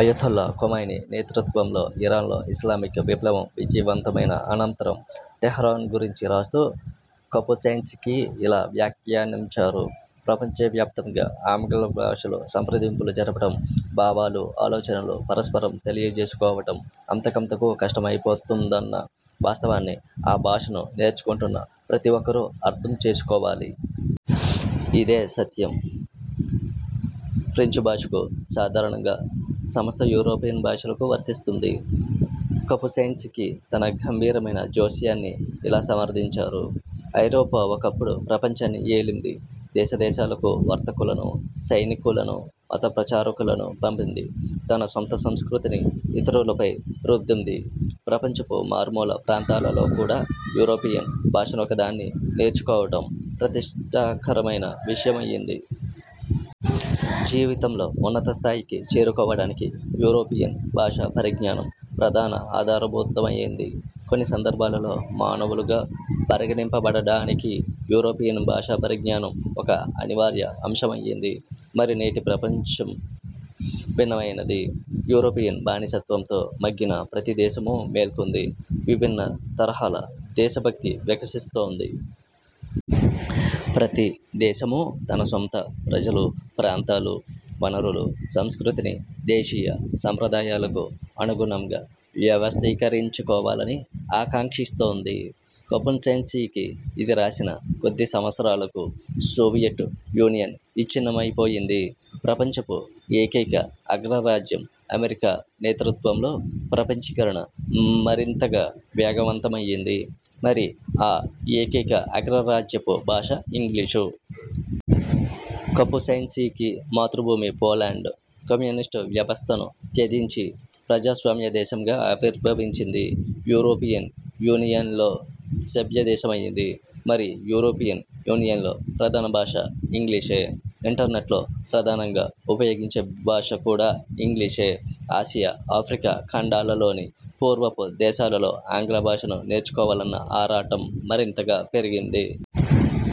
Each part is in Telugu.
అయతొల్లా ఖొమైనీ నేతృత్వంలో ఇరాన్లో ఇస్లామిక్ విప్లవం విజయవంతమైన అనంతరం టెహ్రాన్ గురించి రాస్తూ కపుసైన్సికి ఇలా వ్యాఖ్యానించారు: 'ప్రపంచవ్యాప్తంగా ఆంగ్ల భాషలో సంప్రదింపులు జరపడం, భావాలు, ఆలోచనలు పరస్పరం తెలియజేసుకోవడం అంతకంతకూ కష్టమైపోతుందన్న వాస్తవాన్ని ఆ భాషను నేర్చుకొంటున్న ప్రతి ఒక్కరూ అర్థం చేసుకోవాలి. ఇదే సత్యం ఫ్రెంచ్ భాషకూ, సాధారణంగా సమస్త యూరోపియన్ భాషలకూ వర్తిస్తుంది'. కపుసైన్సికి తన గంభీరమైన జోస్యాన్ని ఇలా సమర్థించారు: 'ఐరోపా ఒకప్పుడు ప్రపంచాన్ని ఏలింది. దేశ దేశాలకు వర్తకులను, సైనికులను, మతప్రచారకులను పంపింది. తన సొంత సంస్కృతిని ఇతరులపై రుద్దింది ప్రపంచపు మార్మూల ప్రాంతాలలో కూడా యూరోపియన్ భాషనొకదాన్ని నేర్చుకోవడం ప్రతిష్ఠాకరమైన విషయమయింది. జీవితంలో ఉన్నత స్థాయికి చేరుకోవడానికి యూరోపియన్ భాషా పరిజ్ఞానం ప్రధాన ఆధారభూతమయింది. కొన్ని సందర్భాలలో మానవులుగా పరిగణింపబడడానికి యూరోపియన్ భాషా పరిజ్ఞానం ఒక అనివార్య అంశమయింది మరి నేటి ప్రపంచం భిన్నమైనది. యూరోపియన్ బానిసత్వంలతో మగ్గిన ప్రతి దేశమూ మేల్కొంది. విభిన్న తరహాల దేశభక్తి వికసిస్తోంది. ప్రతి దేశమూ తన సొంత ప్రజలు, ప్రాంతాలు, వనరులు, సంస్కృతిని దేశీయ సంప్రదాయాలకు అనుగుణంగా వ్యవస్థీకరించుకోవాలని ఆకాంక్షిస్తోంది'. కపుసైన్సికి ఇది రాసిన కొద్ది సంవత్సరాలకు సోవియట్ యూనియన్ విచ్ఛిన్నమైపోయింది. ప్రపంచపు ఏకైక అగ్రరాజ్యం అమెరికా నేతృత్వంలో ప్రపంచీకరణ మరింతగా వేగవంతమయింది. మరి ఆ ఏకైక అగ్రరాజ్యపు భాష ఇంగ్లీషు. కపుసైన్సీకి మాతృభూమి పోలండ్ కమ్యూనిస్టు వ్యవస్థను త్యేజించి ప్రజాస్వామ్య దేశంగా ఆవిర్భవించింది. యూరోపియన్ యూనియన్లో సభ్య దేశమయింది. మరి యూరోపియన్ యూనియన్లో ప్రధాన భాష ఇంగ్లీషే. ఇంటర్నెట్లో ప్రధానంగా ఉపయోగించే భాష కూడా ఇంగ్లీషే. ఆసియా, ఆఫ్రికా ఖండాల్లోని పూర్వపు దేశాలలో ఆంగ్లభాషను నేర్చుకోవాలన్న ఆరాటం మరింతగా పెరిగింది.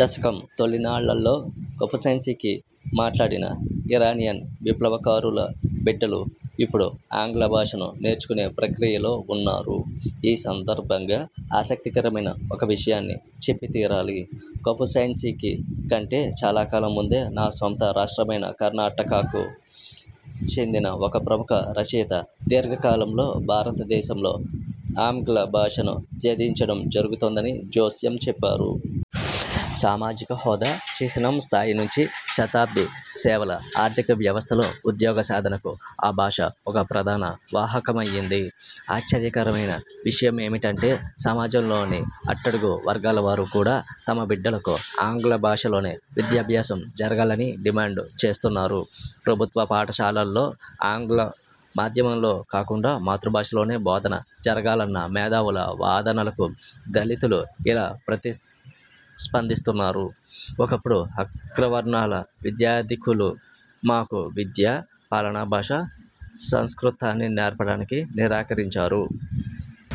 దశకం తొలినాళ్ళలో కపుసైన్సీకి మాట్లాడిన ఇరానియన్ విప్లవకారుల బిడ్డలు ఇప్పుడు ఆంగ్లభాషను నేర్చుకునే ప్రక్రియలో వున్నారు. ఈ సందర్భంగా ఆసక్తికరమైన ఒక విషయాన్ని చెప్పితీరాలి. కపుసైన్సీకి కంటే చాలాకాలం ముందే నా సొంత రాష్ట్రమైన కర్ణాటకకు చెందిన ఒక ప్రముఖ రచయిత 'దీర్ఘకాలంలో భారతదేశంలో ఆంగ్ల భాషను త్యేజించడం జరుగుతుందని' జోస్యం చెప్పారు. సామాజిక హోదా చిహ్నం స్థాయి నుంచి శతాబ్ది సేవల ఆర్థిక వ్యవస్థలో ఉద్యోగసాధనకు ఆ భాష ఒక ప్రధాన వాహకమయింది. ఆశ్చర్యకరమైన విషయమేమిటంటే సమాజంలోని అట్టడుగు వర్గాలవారు కూడా తమబిడ్డలకు ఆంగ్లభాషలోనే విద్యాభ్యాసం జరగాలని డిమాండ్ చేస్తున్నారు. ప్రభుత్వపాఠశాలల్లో ఆంగ్ల మాధ్యమంలో కాకుండా మాతృభాషలోనే బోధన జరగాలన్న మేధావుల వాదనలకు దళితులు ఇలా ప్రతిస్పందిస్తున్నారు: 'ఒకప్పుడు అగ్రవర్ణాల విద్యాధికులు మాకు విద్యా, పాలనాభాష సంస్కృతాన్ని నేర్పడానికి నిరాకరించారు.